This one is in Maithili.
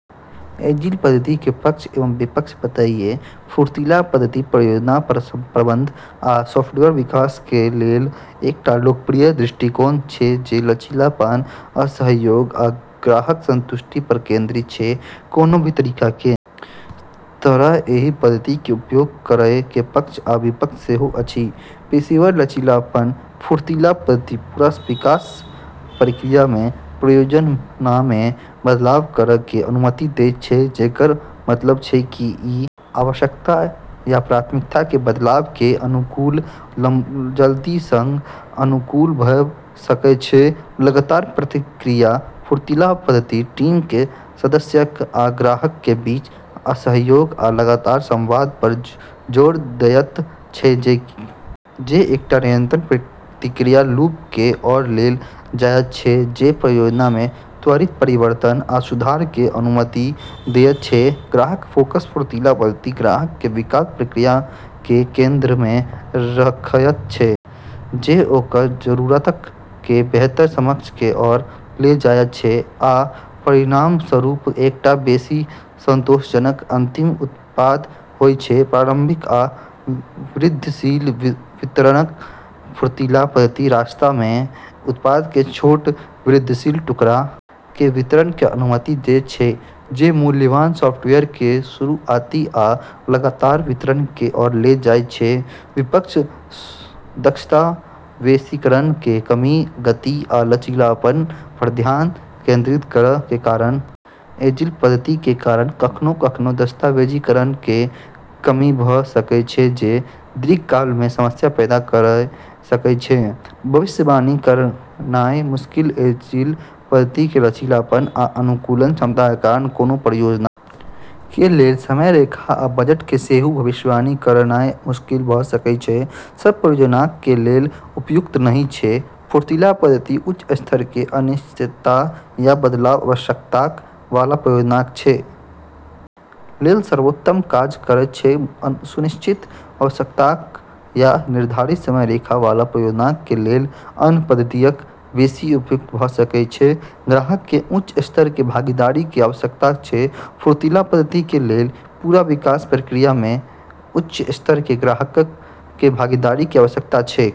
एजिल पद्धति के पक्ष एवं विपक्ष बताइए फुर्तीला पद्धति परियोजना प्रबंधन आ सॉफ्टवेयर विकास कें लेल एकटा लोकप्रिय दृष्टिकोण छै जे लचीलापन, सहयोग आ ग्राहक संतुष्टि पर केंद्रित छै, कोनो भी तरीका के तरह एहि पद्धति के उपयोग करय के पक्ष आ विपक्ष सेहो अछि, पेशेवर लचीलापन फुर्तीला पद्धति पूरा विकास प्रक्रिया मे परियोजना मे बदलाव करय कें अनुमति देयत छै जेकर मतलब छै की इ आवश्यकताक या प्राथमिकता मे बदलाव कें अनुकूल जल्दी सं अनुकूल भ सकय छै, लगातार प्रतिक्रिया फुर्तीला पद्धति टीम कें सदस्यक आ ग्राहक कें बीच सहयोग आ लगातार संवाद पर जोर देयत छै जे एकटा निरंतर प्रतिक्रिया लूप कें ओर ले जायत छै जे परियोजना मे त्वरित परिवर्तन आ सुधार कें अनुमति देयत छै, ग्राहक फोकस फुर्तीला पद्धति ग्राहक कें विकास प्रक्रिया कें केंद्र मे रखयत छै जे ओकर जरूरतक कें बेहतर समझ कें ओर ले जायत छै आ परिणामस्वरूप एकटा बेसि संतोषजनक अंतिम उत्पाद होयत छै, प्रारंभिक आ वृद्धिशील वितरण फुर्तीला पद्धति रास्ता मे उत्पाद कें छोट, वृद्धिशील टुकड़ा कें वितरण कें अनुमति देयत छै जे मूल्यवान सॉफ्टवेयर कें शुरु आती आ लगातार वितरण कें ओर ले जायत छै, विपक्ष दस्तावेजीकरण कें कमी गति आ लचीलापन पर ध्यान केंद्रित करय कें कारण एजिल पद्धति कें कारण कखनों-कखनों दस्तावेजीकरण कें कमी भ सकय छै जे दीर्घकाल मे समस्या पैदा कयर सकय छै, भविष्यवाणी करनाय मुश्किल एजिल पद्धति कें लचीलापन आ अनुकूलन क्षमता कें कारण कोनों परियोजना कें लेल समय रेखा आ बजट कें सही भविष्यवाणी करनाय मुश्किल भ सकय छै, सब परियोजनाक कें लेल उपयुक्त नहि छै, फुर्तीला पद्धति उच्च स्तर कें अनिश्चितता या बदलैत आवश्यकताक वाला परियोजनाक कें लेल सर्वोत्तम काज करयत छै, सुनिश्चित आवश्यकताक आ निर्धारित समय रेखा वाला परियोजनाक कें लेल अन्य पद्धतियक बेसि उपयुक्त भ सकय छै, ग्राहकक कें उच्च स्तर कें भागीदारी कें आवश्यकता छै फुर्तीला पद्धति कें लेल पूरा विकास प्रक्रिया मे उच्च स्तर कें ग्राहकक कें भागीदारी कें आवश्यकता छै।